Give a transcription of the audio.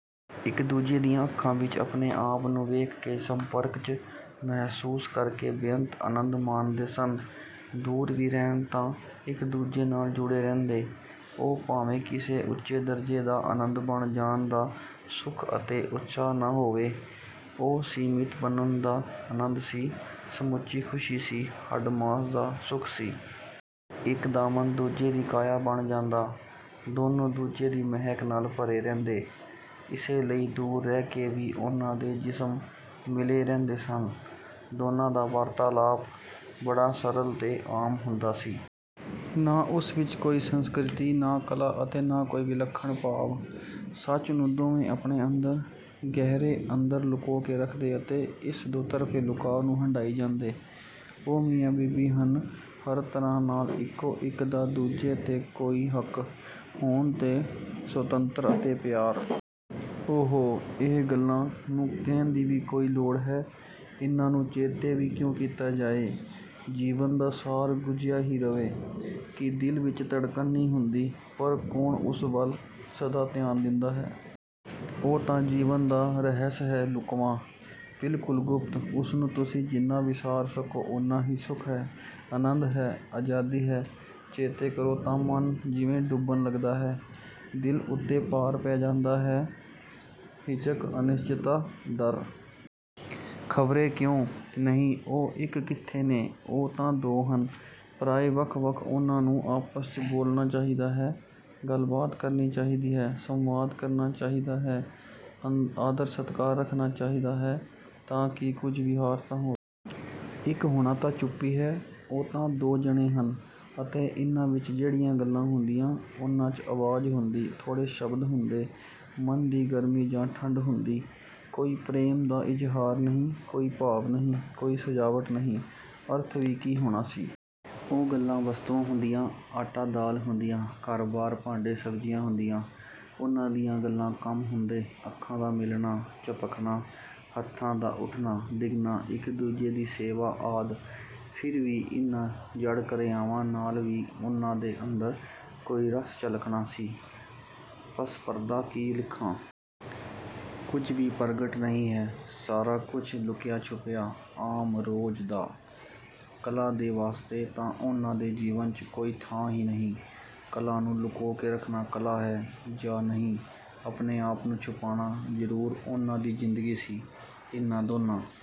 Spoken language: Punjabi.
ਇੱਕ-ਦੂਜੇ ਦੀਆਂ ਅੱਖਾਂ ਵਿੱਚ ਆਪਣੇ-ਆਪ ਨੂੰ ਵੇਖ ਕੇ, ਸੰਪਰਕ 'ਚ ਮਹਿਸੂਸ ਕਰਕੇ ਬੇਅੰਤ ਅਨੰਦ ਮਾਣਦੇ ਸਨ। ਦੂਰ ਵੀ ਰਹਿਣ ਤਾਂ ਇੱਕ-ਦੂਜੇ ਨਾਲ ਜੁੜੇ ਰਹਿੰਦੇ। ਉਹ ਭਾਵੇਂ ਕਿਸੇ ਉੱਚੇ ਦਰਜੇ ਦਾ ਅਨੰਤ ਬਣ ਜਾਣ ਦਾ ਸੁੱਖ ਅਤੇ ਉਤਸ਼ਾਹ ਨਾ ਹੋਵੇ, ਉਹ ਸੀਮਿਤ ਬਣਨ ਦਾ ਅਨੰਦ ਸੀ, ਸਮੁਚੀ ਖੁਸ਼ੀ ਸੀ, ਹੱਡ-ਮਾਸ ਦਾ ਸੁੱਖ ਸੀ! ਇੱਕ ਦਾ ਮਨ ਦੂਜੇ ਦੀ ਕਾਇਆ ਬਣ ਜਾਂਦਾ, ਦੋਨੋ ਦੂਜੇ ਦੀ ਮਹਿਕ ਨਾਲ ਭਰੇ ਰਹਿੰਦੇ, ਇਸੇ ਲਈ ਦੂਰ ਰਹਿਕੇ ਵੀ ਉਨ੍ਹਾਂ ਦੇ ਜਿਸਮ ਮਿਲੇ ਰਹਿੰਦੇ ਸਨ। ਦੋਨਾਂ ਦਾ ਵਾਰਤਾਲਾਪ ਬੜਾ ਸਰਲ 'ਤੇ ਆਮ ਹੁੰਦਾ ਸੀ। ਨਾ ਉਸ ਵਿੱਚ ਕੋਈ ਸੰਸਕ੍ਰਿਤੀ, ਨਾ ਕਲਾ ਅਤੇ ਨਾ ਕੋਈ ਵਿਲੱਖਣ ਭਾਵ! ਸੱਚ ਨੂੰ ਦੋਵੇਂ ਆਪਣੇ ਅੰਦਰ, ਗਹਿਰੇ ਅੰਦਰ, ਲੁਕੋ ਕੇ ਰੱਖਦੇ ਅਤੇ ਇਸ ਦੁਤਰਫ਼ੇ ਲੁਕਾਅ ਨੂੰ ਹੰਢਾਈ ਜਾਂਦੇ। ਉਹ ਮੀਆਂ-ਬੀਵੀ ਹਨ, ਹਰ ਤਰ੍ਹਾਂ ਨਾਲ ਇੱਕੋ, ਇੱਕ ਦਾ ਦੂਜੇ 'ਤੇ ਕੋਈ ਹੱਕ ਹੋਣ ਤੋਂ ਸੁਤੰਤਰ, ਅਤੇ ਪਿਆਰ? ਓਹੋ! ਇਨਾ ਗੱਲਾਂ ਨੂੰ ਕਹਿਣ ਦੀ ਵੀ ਕੋਈ ਲੋੜ ਹੈ? ਇੰਨਾ ਨੂੰ ਚੇਤੇ ਵੀ ਕਿਓਂ ਕੀਤਾ ਜਾਏ? ਜੀਵਨ ਦਾ ਸਾਰ ਗੁਝਿਆ ਹੀ ਰਵੇ। ਕੀ ਦਿਲ ਵਿੱਚ ਧੜਕਣ ਨਹੀਂ ਹੁੰਦੀ? ਪਰ ਕੌਣ ਉਸ ਵੱਲ ਸਦਾ ਧਿਆਨ ਦਿੰਦਾ ਹੈ? ਉਹ ਤਾਂ ਜੀਵਨ ਦਾ ਰਹਿਸ ਹੈ; ਲੁਕਵਾਂ, ਬਿਲਕੁਲ ਗੁਪਤ। ਉਸਨੂੰ ਤੁਸੀ ਜਿੰਨਾ ਵਿਸਾਰ ਸਕੋ ਉਨ੍ਹਾਂ ਹੀ ਸੁੱਖ ਹੈ, ਅਨੰਦ ਹੈ, ਆਜ਼ਾਦੀ ਹੈ। ਚੇਤੇ ਕਰੋ ਤਾਂ ਮਨ ਜਿਵੇਂ ਡੁੱਬਣ ਲੱਗਦਾ ਹੈ, ਦਿਲ ਉੱਤੇ ਭਾਰ ਪੈ ਜਾਂਦਾ ਹੈ, ਹਿਚਕ, ਅਨਿਸ਼ਚਿਤਤਾ, ਡਰ... ਖਵਰੇ ਕਿਓਂ। ਨਹੀਂ, ਉਹ ਇੱਕ ਕਿੱਥੇ ਨੇ, ਉਹ ਤਾਂ ਦੋ ਹਨ, ਪਰਾਏ, ਵੱਖ-ਵੱਖ, ਉਨ੍ਹਾਂ ਨੂੰ ਆਪਸ 'ਚ ਬੋਲਣਾ ਚਾਹਿਦਾ ਹੈ, ਗੱਲ-ਬਾਤ ਕਰਨੀ ਚਾਹਿਦੀ ਹੈ, ਸੰਵਾਦ ਕਰਨਾ ਚਾਹਿਦਾ ਹੈ, ਆਦਰ-ਸਤਿਕਾਰ ਰੱਖਣਾ ਚਾਹਿਦਾ ਹੈ, ਤਾ ਕਿ ਕੁੱਝ ਵਿਹਾਰ ਤਾਂ ਹੋਵੇ। ਇੱਕ ਹੋਣਾ ਤਾਂ ਚੁੱਪੀ ਹੈ, ਉਹ ਤਾਂ ਦੋ ਜਣੇ ਹਨ ਅਤੇ ਇੰਨਾਂ ਵਿੱਚ ਜਿਹੜੀਆਂ ਗੱਲਾਂ ਹੁੰਦੀਆਂ, ਉਨ੍ਹਾਂ 'ਚ ਅਵਾਜ਼ ਹੁੰਦੀ, ਥੋੜੇ ਸ਼ਬਦ ਹੁੰਦੇ, ਮਨ ਦੀ ਗਰਮੀ ਜਾਂ ਠੰਡ ਹੁੰਦੀ। ਕੋਈ ਪ੍ਰੇਮ ਦਾ ਇਜ਼ਹਾਰ ਨਹੀਂ, ਕੋਈ ਭਾਵ ਨਹੀਂ, ਕੋਈ ਸਜਾਵਟ ਨਹੀਂ, ਅਰਥ ਵੀ ਕੀ ਹੋਣਾ ਸੀ? ਉਹ ਗੱਲਾਂ ਵਸਤੁਆਂ ਹੁੰਦੀਆਂ, ਆਟਾ-ਦਾਲ ਹੁੰਦੀਆਂ, ਘਰਬਾਰ, ਭਾਂਡੇ-ਸਬਜ਼ੀਆਂ ਹੁੰਦੀਆਂ। ਉਨ੍ਹਾਂ ਦੀਆਂ ਗੱਲਾਂ ਕੰਮ ਹੁੰਦੇ, ਅੱਖਾਂ ਦਾ ਮਿਲਣਾ, ਝਪਕਣਾ, ਹੱਥਾਂ ਦਾ ਉੱਠਣਾ-ਡਿੱਗਣਾ, ਇੱਕ-ਦੂਜੇ ਦੀ ਸੇਵਾ ਆਦਿ। ਫਿਰ ਵੀ, ਇੰਨਾ ਜੜ ਕਿਰਿਆਵਾਂ ਨਾਲ ਵੀ ਉਨ੍ਹਾਂ ਦੇ ਅੰਦਰ ਕੋਈ ਰਸ ਛਲਕਦਾ ਸੀ, ਪਸਪਰਦਾ ਕੀ ਲਿਖਾਂ? ਕੁੱਝ ਵੀ ਪਰਗਟ ਨਹੀਂ ਹੈ, ਸਾਰਾ ਕੁੱਝ ਲੁੱਕਿਆ-ਛੁੱਪਿਆ, ਆਮ, ਰੋਜ਼ ਦਾ। ਕਲਾ ਦੇ ਵਾਸਤੇ ਤਾਂ ਉਹਨਾਂ ਦੇ ਜੀਵਨ 'ਚ ਕੋਈ ਥ੍ਹਾਂ ਹੀ ਨਹੀਂ! ਕਲਾ ਨੂੰ ਲੁਕੋਕੇ ਰੱਖਣਾ ਕਲਾ ਹੈ ਜਾਂ ਨਹੀਂ, ਆਪਣੇ-ਆਪ ਨੂੰ ਛੁਪਾਣਾ ਜ਼ਰੂਰ ਉਨ੍ਹਾਂ ਦੀ ਜ਼ਿੰਦਗੀ ਸੀ। ਇੰਨਾ ਦੋਨਾਂ